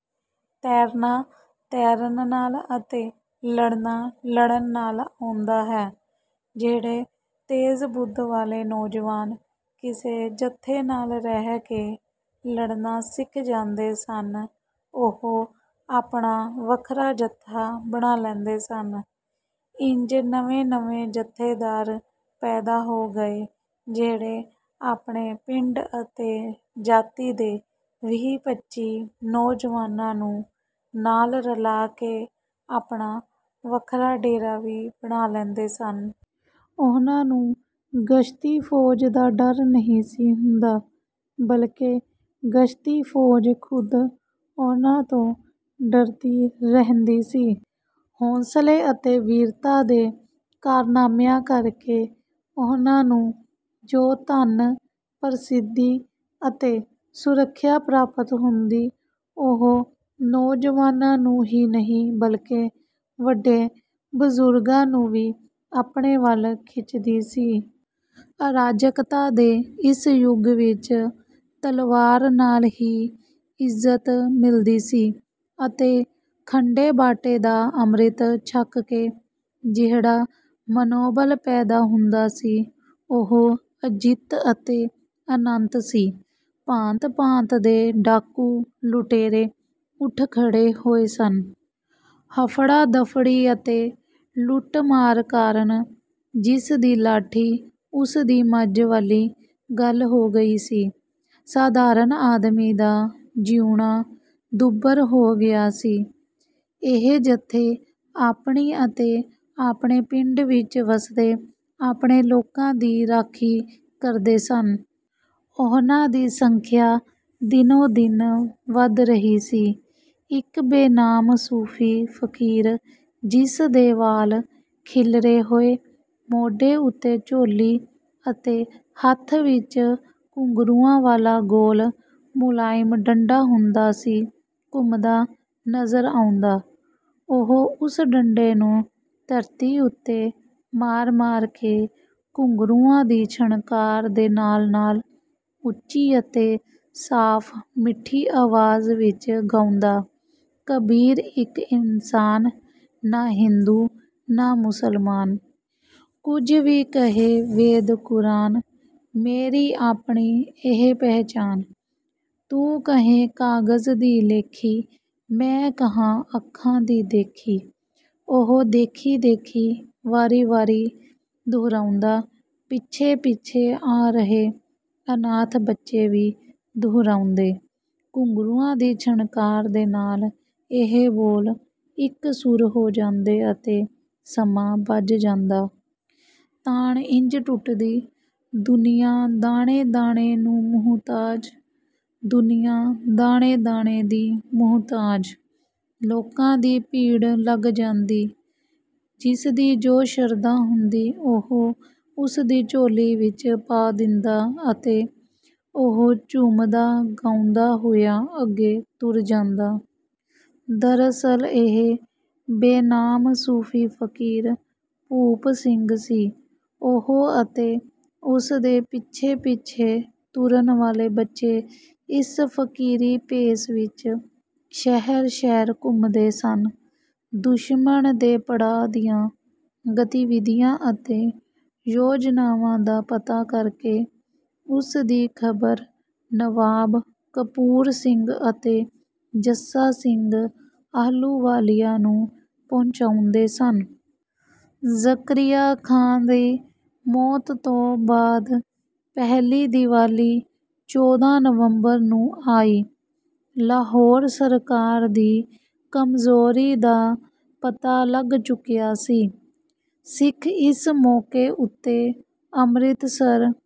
ਤੈਰਨਾ ਤੈਰਨ ਨਾਲ ਅਤੇ ਲੜਨਾ ਲੜਨ ਨਾਲ ਆਉਂਦਾ ਹੈ। ਜਿਹੜੇ ਤੇਜ਼-ਬੁੱਧ ਵਾਲੇ ਨੌਜਵਾਨ ਕਿਸੇ ਜੱਥੇ ਨਾਲ ਰਹਿ ਕੇ ਲੜਨਾ ਸਿੱਖ ਜਾਂਦੇ ਸਨ ਉਹ ਆਪਣਾ ਵੱਖਰਾ ਜੱਥਾ ਬਣਾ ਲੈਂਦੇ ਸਨ। ਇੰਜ ਨਵੇਂ-ਨਵੇਂ ਜੱਥੇਦਾਰ ਪੈਦਾ ਹੋ ਗਏ ਜਿਹੜੇ ਆਪਣੇ ਪਿੰਡ ਅਤੇ ਜਾਤੀ ਦੇ ਵੀਹ-ਪੱਚੀ ਨੌਜਵਾਨਾਂ ਨੂੰ ਨਾਲ ਰਲਾ ਕੇ ਆਪਣਾ ਵੱਖਰਾ ਡੇਰਾ ਵੀ ਬਣਾ ਲੈਂਦੇ ਸਨ। ਉਹਨਾਂ ਨੂੰ ਗਸ਼ਤੀ ਫੌਜ ਦਾ ਡਰ ਨਹੀਂ ਸੀ ਹੁੰਦਾ ਬਲਕਿ ਗਸ਼ਤੀ ਫੌਜ ਖ਼ੁਦ ਉਹਨਾਂ ਤੋਂ ਡਰਦੀ ਰਹਿੰਦੀ ਸੀ। ਹੌਂਸਲੇ ਅਤੇ ਵੀਰਤਾ ਦੇ ਕਾਰਨਾਮਿਆਂ ਕਰਕੇ ਉਹਨਾਂ ਨੂੰ ਜੋ ਧਨ, ਪ੍ਰਸਿੱਧੀ ਅਤੇ ਸੁਰੱਖਿਆ ਪ੍ਰਾਪਤ ਹੁੰਦੀ ਉਹ ਨੌਜਵਾਨਾਂ ਨੂੰ ਹੀ ਨਹੀਂ ਬਲਕਿ ਵੱਡੇ ਬਜ਼ੁਰਗਾਂ ਨੂੰ ਵੀ ਆਪਣੇ ਵੱਲ ਖਿੱਚਦੀ ਸੀ। ਅਰਾਜਕਤਾ ਦੇ ਇਸ ਯੁੱਗ ਵਿੱਚ ਤਲਵਾਰ ਨਾਲ ਹੀ ਇੱਜ਼ਤ ਮਿਲਦੀ ਸੀ ਅਤੇ ਖੰਡੇ-ਬਾਟੇ ਦਾ ਅੰਮ੍ਰਿਤ ਛਕ ਕੇ ਜਿਹੜਾ ਮਨੋਬਲ ਪੈਦਾ ਹੁੰਦਾ ਸੀ ਉਹ ਅਜਿੱਤ ਅਤੇ ਅਨੰਤ ਸੀ। ਭਾਂਤ-ਭਾਂਤ ਦੇ ਡਾਕੂ-ਲੁਟੇਰੇ ਉੱਠ ਖੜ੍ਹੇ ਹੋਏ ਸਨ। ਹਫੜਾ-ਦਫੜੀ ਅਤੇ ਲੁੱਟ-ਮਾਰ ਕਾਰਨ "ਜਿਸਦੀ ਲਾਠੀ ਉਸਦੀ ਮੱਝ" ਵਾਲੀ ਗੱਲ ਹੋ ਗਈ ਸੀ। ਸਾਧਾਰਨ ਆਦਮੀ ਦਾ ਜਿਉਣਾ ਦੁੱਭਰ ਹੋ ਗਿਆ ਸੀ। ਇਹ ਜੱਥੇ ਆਪਣੀ ਅਤੇ ਆਪਣੇ ਪਿੰਡਾਂ ਵਿੱਚ ਵੱਸਦੇ ਆਪਣੇ ਲੋਕਾਂ ਦੀ ਰਾਖੀ ਕਰਦੇ ਸਨ। ਉਹਨਾਂ ਦੀ ਸੰਖਿਆ ਦਿਨੋਂ-ਦਿਨ ਵਧ ਰਹੀ ਸੀ। ਇੱਕ ਬੇਨਾਮ ਸੂਫੀ ਫਕੀਰ ਜਿਸਦੇ ਵਾਲ ਖਿੱਲਰੇ ਹੋਏ ਮੋਢੇ ਉੱਤੇ ਝੋਲੀ ਅਤੇ ਹੱਥ ਵਿੱਚ ਘੁੰਗਰੂਆਂ ਵਾਲਾ ਗੋਲ ਮੁਲਾਇਮ ਡੰਡਾ ਹੁੰਦਾ ਸੀ ਘੁੰਮਦਾ ਨਜ਼ਰ ਆਉਂਦਾ। ਉਹ ਉਸ ਡੰਡੇ ਨੂੰ ਧਰਤੀ ਉੱਤੇ ਮਾਰ-ਮਾਰ ਕੇ ਘੁੰਗਰੂਆਂ ਦੀ ਛਣਕਾਰ ਦੇ ਨਾਲ-ਨਾਲ ਉੱਚੀ ਅਤੇ ਸਾਫ਼-ਮਿੱਠੀ ਆਵਾਜ਼ ਵਿੱਚ ਗਾਉਂਦਾ, "ਕਬੀਰ ਇੱਕ ਇਨਸਾਨ ਨਾ ਹਿੰਦੂ ਨਾ ਮੁਸਲਮਾਨ। ਕੁਝ ਵੀ ਕਹੇ ਵੇਦ ਕੁਰਾਨ ਮੇਰੀ ਆਪਣੀ ਇਹ ਪਹਿਚਾਨ। ਤੂੰ ਕਹੇਂ ਕਾਗਜ਼ ਦੀ ਲੇਖੀ ਮੈਂ ਕਹਾਂ ਅੱਖਾਂ ਦੀ ਦੇਖੀ।" ਉਹ "ਦੇਖੀ-ਦੇਖੀ" ਵਾਰੀ-ਵਾਰੀ ਦੁਹਰਾਉਂਦਾ ਪਿੱਛੇ-ਪਿੱਛੇ ਆ ਰਹੇ ਅਨਾਥ ਬੱਚੇ ਵੀ ਦੁਹਰਾਉਂਦੇ। ਘੁੰਗਰੂਆਂ ਦੀ ਛਣਕਾਰ ਦੇ ਨਾਲ ਇਹ ਬੋਲ ਇਕਸੁਰ ਹੋ ਜਾਂਦੇ ਅਤੇ ਸਮਾਂ ਬੱਝ ਜਾਂਦਾ। ਤਾਣ ਇੰਜ ਟੁੱਟਦੀ "ਦੁਨੀਆਂ ਦਾਣੇ-ਦਾਣੇ ਨੂੰ ਮੁਹਤਾਜ ਦੁਨੀਆਂ ਦਾਣੇ-ਦਾਣੇ ਦੀ ਮੁਹਤਾਜ"। ਲੋਕਾਂ ਦੀ ਭੀੜ ਲੱਗ ਜਾਂਦੀ। ਜਿਸਦੀ ਜੋ ਸ਼ਰਧਾ ਹੁੰਦੀ ਉਹ ਉਸਦੀ ਝੋਲੀ ਵਿੱਚ ਪਾ ਦਿੰਦਾ ਅਤੇ ਉਹ ਝੂਮਦਾ-ਗਾਉਂਦਾ ਹੋਇਆ ਅੱਗੇ ਤੁਰ ਜਾਂਦਾ। ਦਰਅਸਲ ਇਹ ਬੇਨਾਮ ਸੂਫੀ ਫਕੀਰ ਭੂਪ ਸਿੰਘ ਸੀ। ਉਹ ਅਤੇ ਉਸਦੇ ਪਿੱਛੇ-ਪਿੱਛੇ ਤੁਰਨ ਵਾਲੇ ਬੱਚੇ ਇਸ ਫਕੀਰੀ ਭੇਸ ਵਿੱਚ ਸ਼ਹਿਰ-ਸ਼ਹਿਰ ਘੁੰਮਦੇ ਸਨ ਦੁਸ਼ਮਣ ਦੇ ਪੜਾਅ ਦੀਆਂ ਗਤੀਵਿਧੀਆਂ ਅਤੇ ਯੋਜਨਾਵਾਂ ਦਾ ਪਤਾ ਕਰਕੇ ਉਸ ਦੀ ਖ਼ਬਰ ਨਵਾਬ ਕਪੂਰ ਸਿੰਘ ਅਤੇ ਜੱਸਾ ਸਿੰਘ ਆਹਲੂਵਾਲੀਆ ਨੂੰ ਪਹੁੰਚਾਉਂਦੇ ਸਨ। ਜ਼ਕਰੀਆ ਖਾਂ ਦੀ ਮੌਤ ਤੋਂ ਬਾਅਦ ਪਹਿਲੀ ਦੀਵਾਲੀ ਚੌਦਾਂ ਨਵੰਬਰ ਨੂੰ ਆਈ। ਲਾਹੌਰ ਸਰਕਾਰ ਦੀ ਕਮਜ਼ੋਰੀ ਦਾ ਪਤਾ ਲੱਗ ਚੁੱਕਿਆ ਸੀ। ਸਿੱਖ ਇਸ ਮੌਕੇ ਉੱਤੇ ਅੰਮ੍ਰਿਤਸਰ